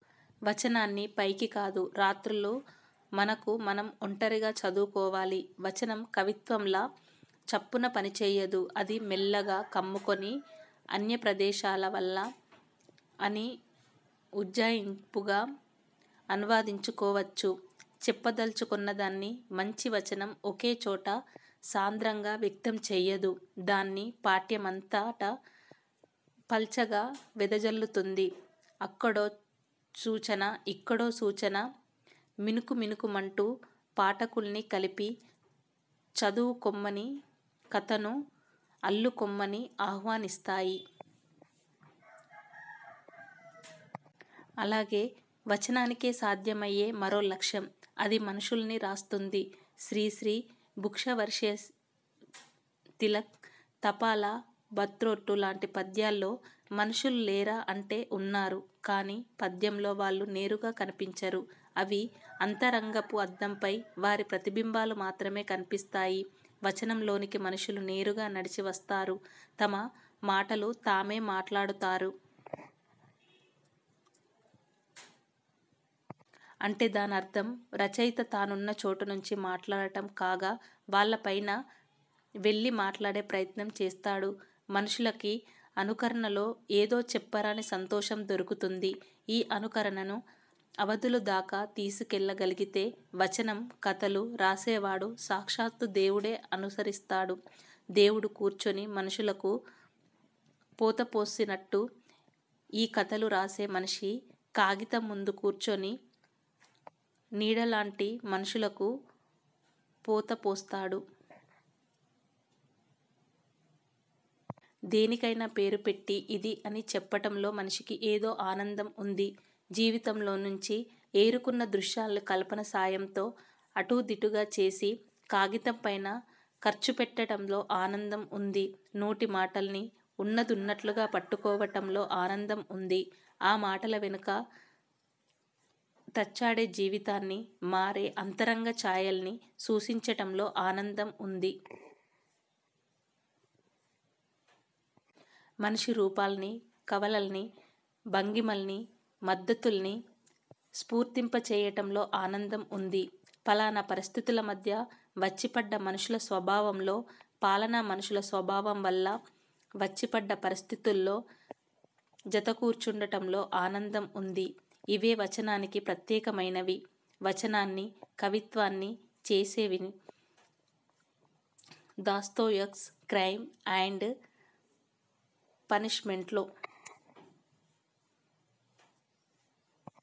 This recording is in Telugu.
'వచనాన్ని పైకి కాదు, రాత్రుళ్ళు మనకు మనం ఒంటరిగా చదువుకోవాలి. వచనం కవిత్వంలా చప్పున పనిచేయదు. అది మెల్లగా కమ్ముకొని అన్యాపదేశాల వల'' అని ఉజ్జాయింపుగా అనువదించుకోవచ్చు. చెప్పదల్చుకున్నదాన్ని మంచి వచనం ఒకే చోట సాంద్రంగా వ్యక్తం చేయదు. దాన్ని పాఠ్యమంతటా పల్చగా వెదజల్లుతుంది. అక్కడో సూచనా ఇక్కడో సూచనా మినుకు మినుకుమంటూ, పాఠకుడ్ని కలిపి చదువుకొమ్మనీ, కథను అల్లుకొమ్మనీ ఆహ్వానిస్తాయి. అలాగే వచనానికే సాధ్యమయ్యే మరో లక్ష్యం, అది మనుషుల్ని రాస్తుంది. శ్రీశ్రీ 'భిక్షువర్షీయస్', తిలక్ 'తపాలా బంట్రోతు' లాంటి పద్యాల్లో మనుషులు లేరా అంటే ఉన్నారు. కానీ పద్యంలో వాళ్ళు నేరుగా కనిపించరు. కవి అంతరంగపుటద్దంపై వారి ప్రతిబింబాలు మాత్రమే కనిపిస్తాయి. వచనంలోనికి మనుషులు నేరుగా నడిచి వస్తారు, తమ మాటలు తామే మాట్లాడతారు. అంటే దానర్థం రచయిత తానున్న చోటు నుంచి మాట్లాడ్డం గాక, వాళ్ల పైన వెళ్లి మాట్లాడే ప్రయత్నం చేస్తాడు. మనుషులకి అనుకరణలో ఏదో చెప్పరాని సంతోషం దొరుకుతుంది. ఈ అనుకరణను అవధుల దాకా తీసుకెళ్లగలిగేది వచనం. కథలు రాసేవాడు సాక్షాత్తూ దేవుడ్నే అనుకరిస్తాడు. దేవుడు కూర్చొని మనుషులకు పోత పోసినట్టు, ఈ కథలు రాసే మనిషి కాగితం ముందు కూర్చొని నీడల్లాంటి మనుషులకు పోతపోస్తాడు. దేనికైనా పేరు పెట్టి ఇదీ అని చెప్పటంలో మనిషికి ఏదో ఆనందం ఉంది. జీవితంలోనుంచి ఏరుకున్న దృశ్యాల్ని కల్పన సాయంతో అటుదిటుగా చేసి కాగితంపైన ఖర్చుపెట్టటంలో ఆనందం ఉంది. నోటి మాటల్ని ఉన్నదున్నట్టు పట్టుకోవటంలో ఆనందముంది. ఆ మాటల వెనక తచ్చాడే జీవితాన్ని, మారే అంతరంగ ఛాయల్నీ సూచించటంలో ఆనందముంది. మనుషుల రూపాల్నీ, కవళకల్నీ, భంగిమల్నీ, మద్ధతుల్నీ స్ఫుర్తింపజేయటంలో ఆనందం ఉంది. ఫలానా పరిస్థితుల మధ్య వచ్చిపడ్డ మనుషుల స్వభావంలో, ఫలానా మనుషుల స్వభావాల వల్ల వచ్చిపడ్డ పరిస్థితులో జతకూర్చటంలో ఆనందం ఉంది. ఇవే వచనానికి ప్రత్యేకమైనవీ, వచనాన్ని కవిత్వం చేసేవీను. Dostoevsky 'Crime and పనిష్మెంట్'లో